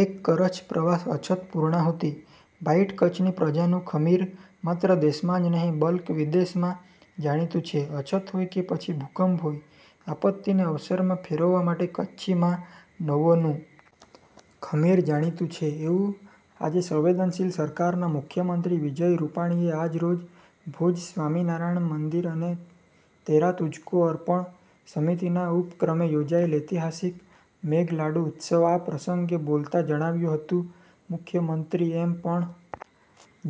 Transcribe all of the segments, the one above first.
એમ કરછ પ્રવાસ અછત પુર્ણાહુતી બાઈટ કચ્છની પ્રજા નું ખમીર માત્ર દેશમાં જ નહીં બલ્ક વિદેશમાં જાણીતું છે અછત હોય કે પછી ભૂકંપ હોય આપત્તિને અવસર માં ફેરવવા માટે કચ્છી મા નવો નું ખમીર જાણીતું છે એવું આજે સંવેદનશીલ સરકાર ના મુખ્યમંત્રી વિજય રૂપાણીએ આજરોજ ભુજ સ્વામિનારાયણ મંદિર અને તેરા તુજકો અર્પણ સમિતિના ઉપક્રમે યોજાયેલ ઐતિહાસિક મેઘલાડુ ઉત્સવ આ પ્રસંગે બોલતા જણાવ્યું હતું મુખ્યમંત્રી એમ પણ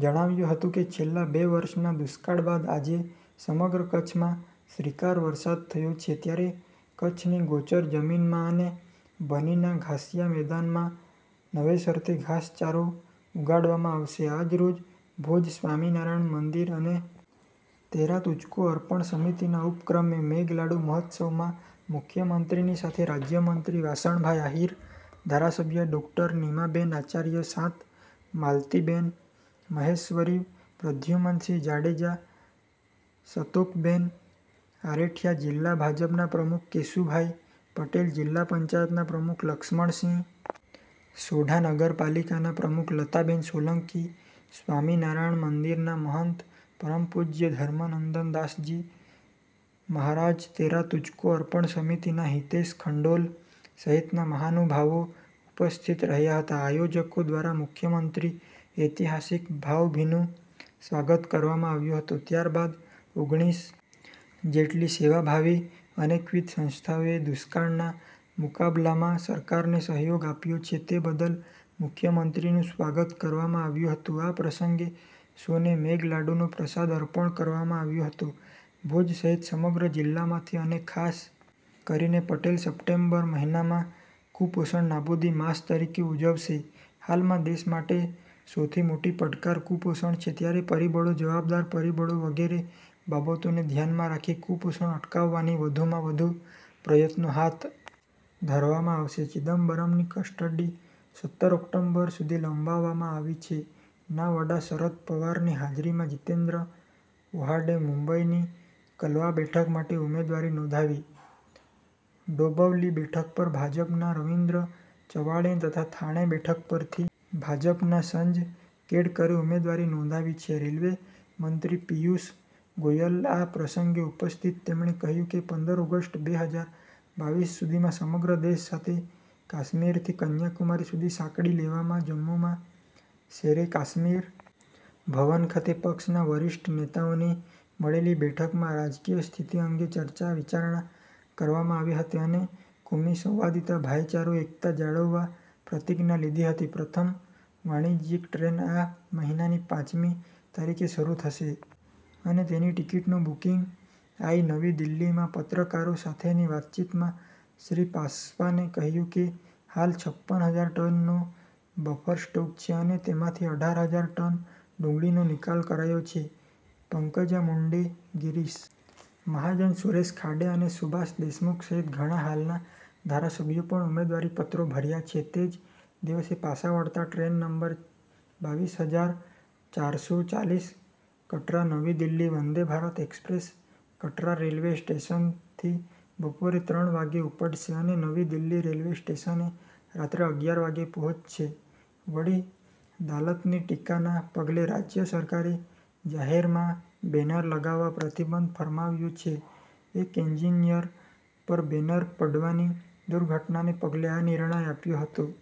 જણાવ્યું હતું કે છેલ્લા બે વર્ષના દુષ્કાળ બાદ આજે સમગ્ર કચ્છમાં શ્રીકાર વરસાદ થયો છે ત્યારે કચ્છની ગૌચર જમીનમાં અને બની ના ઘાસિયા મેદાનમાં નવેસરથી ઘાસચારો ઉગાડવામાં આવશે આજરોજ ભુજ સ્વામિનારાયણ મંદિર અને તેરા તુજકો અર્પણ સમિતિના ઉપક્રમે મેઘલાડુ મહોત્સવમાં મુખ્યમંત્રી ની સાથે રાજ્યમંત્રી વાસણભાઇ આહિર ધારાસભ્ય ડોક્ટર નિમાબેન આચાર્ય સાત માલતીબેન મહેશ્વરી પ્રદ્યુમનસિંહ જાડેજા સંતોકબેન આરેઠીયા જિલ્લા ભાજપના પ્રમુખ કેશુભાઇ પટેલ જિલ્લા પંચાયતના પ્રમુખ લક્ષ્મણસિંહ સોઢા નગરપાલિકાના પ્રમુખ લતાબેન સોલંકી સ્વામિનારાયણ મંદિરના મહંત પરમપૂજ્ય ધર્મનંદનદાસજી મહારાજતેરા તુજકો અર્પણ સમિતિ ના હિતેશ ખંડોલ સહિતના મહાનુભાવો ઉપસ્થિત રહ્યા હતા આયોજકો દ્વારા મુખ્યમંત્રી ઐતિહાસિક ભાવભીનું સ્વાગત કરવામાં આવ્યો હતો ત્યારબાદ ઓગણિસ જેટલી સેવાભાવી અનેકવિધ સંસ્થાઓએ દુષ્કાળના મુકાબલામાં સરકાર ને સહયોગ આપ્યો છે તે બદલ મુખ્યમંત્રીનું સ્વાગત કરવામાં આવ્યું હતું આ પ્રસંગે સૌને મેઘલાડુનો પ્રસાદ અર્પણ કરવામાં આવ્યો હતો ભુજ સહિત સમગ્ર જિલ્લામાંથી અને ખાસ કરીને પટેલ સપ્ટેમ્બર મહિનામાં કુપોષણ નાબુદી માસ તરીકે ઉજવશે હાલમાં દેશ માટે સૌથી મોટો પડકાર કુપોષણ છે ત્યારે પરિબળો જવાબદાર પરિબળો વગેરે બાબતો ને ધ્યાન માં રાખી કુપોષણ અટકાવવાની વધુમાં વધુ પ્રયત્નો હાથ ધરવામાં આવશે ચિદમ્બરમની કસ્ટડી સત્તર ઓક્ટોબર સુધી લંબાવવામાં આવી છે ના વડા શરદ પવારની હાજરીમાં જીતેન્દ્ર ઔહાડે મુંબઇની કલવા બેઠક માટે ઉમેદવારી નોંધાવી ડોંબવલી બેઠક પર ભાજપના રવીન્દ્ર ચવાણે તથા થાણે બેઠક પરથી ભાજપના સંજ કેળકરે ઉમેદવારી નોંધાવી છે રેલવે મંત્રી પિયુષ ગોયલ આ પ્રસંગે ઉપસ્થિત તેમણે કહ્યું કે પંદર ઓગસ્ટ બે હજાર બાવીસ સુધીમાં સમગ્ર દેશ સાથે કાશ્મીરથી કન્યાકુમારી સુધી સાંકળી લેવાશે જમ્મુમાં શેરે કાશમીર ભવન ખાતે પક્ષના વરિષ્ઠ નેતાઓની મળેલી બેઠકમાં રાજકીય સ્થિતિ અંગે ચર્ચા વિચારણા કરવામાં આવી હતી અને કૌમી સંવાદીતા ભાઈચારો એકતા જાળવવા પ્રતિજ્ઞા લીધી હતી પ્રથમ વાણીજયીક ટ્રેન આ મહિનાની પાંચમી તારીખે શરૂ થશે અને તેની ટીકીટનું બુકીંગ આઇ નવી દિલ્હીમાં પત્રકારો સાથેની વાતચીતમાં શ્રી પાસવાને કહ્યું કે હાલ છપ્પન હજાર ટનનો બફર સ્ટોક છે અને તેમાંથી અઢાર હજાર ટન ડુંગળીનો નિકાલ કરાયો છે પંકજા મુંડે ગીરીશ મહાજન સુરેશ ખાડે અને સુભાષ દેશમુખ સહિત ઘણા હાલના ઘારાસભ્યો પણ ઉમેદવારીપત્રો ભર્યા છે તે જ દિવસે પાછા વળતા ટ્રેન નંબર બાવીસ હજાર ચાર સો ચાલીસ કટરાનવી દિલ્હી વંદે ભારત એક્સપ્રેસ કટરા રેલવે સ્ટેશનથી બપોરે ત્રણ વાગે ઉપડશે અને નવી દિલ્હી રેલવે સ્ટેશને રાત્રે અગિયાર વાગે પહોંચશે વડી દાલતની ટીકાના પગલે રાજ્ય સરકારે જાહેરમાં બેનર લગાવવા પ્રતિબંધ ફરમાવ્યો છે એક એજીનીયર પર બેનર પડવાની દુર્ધટનાને પગલે આ નિર્ણય આપ્યો હતો।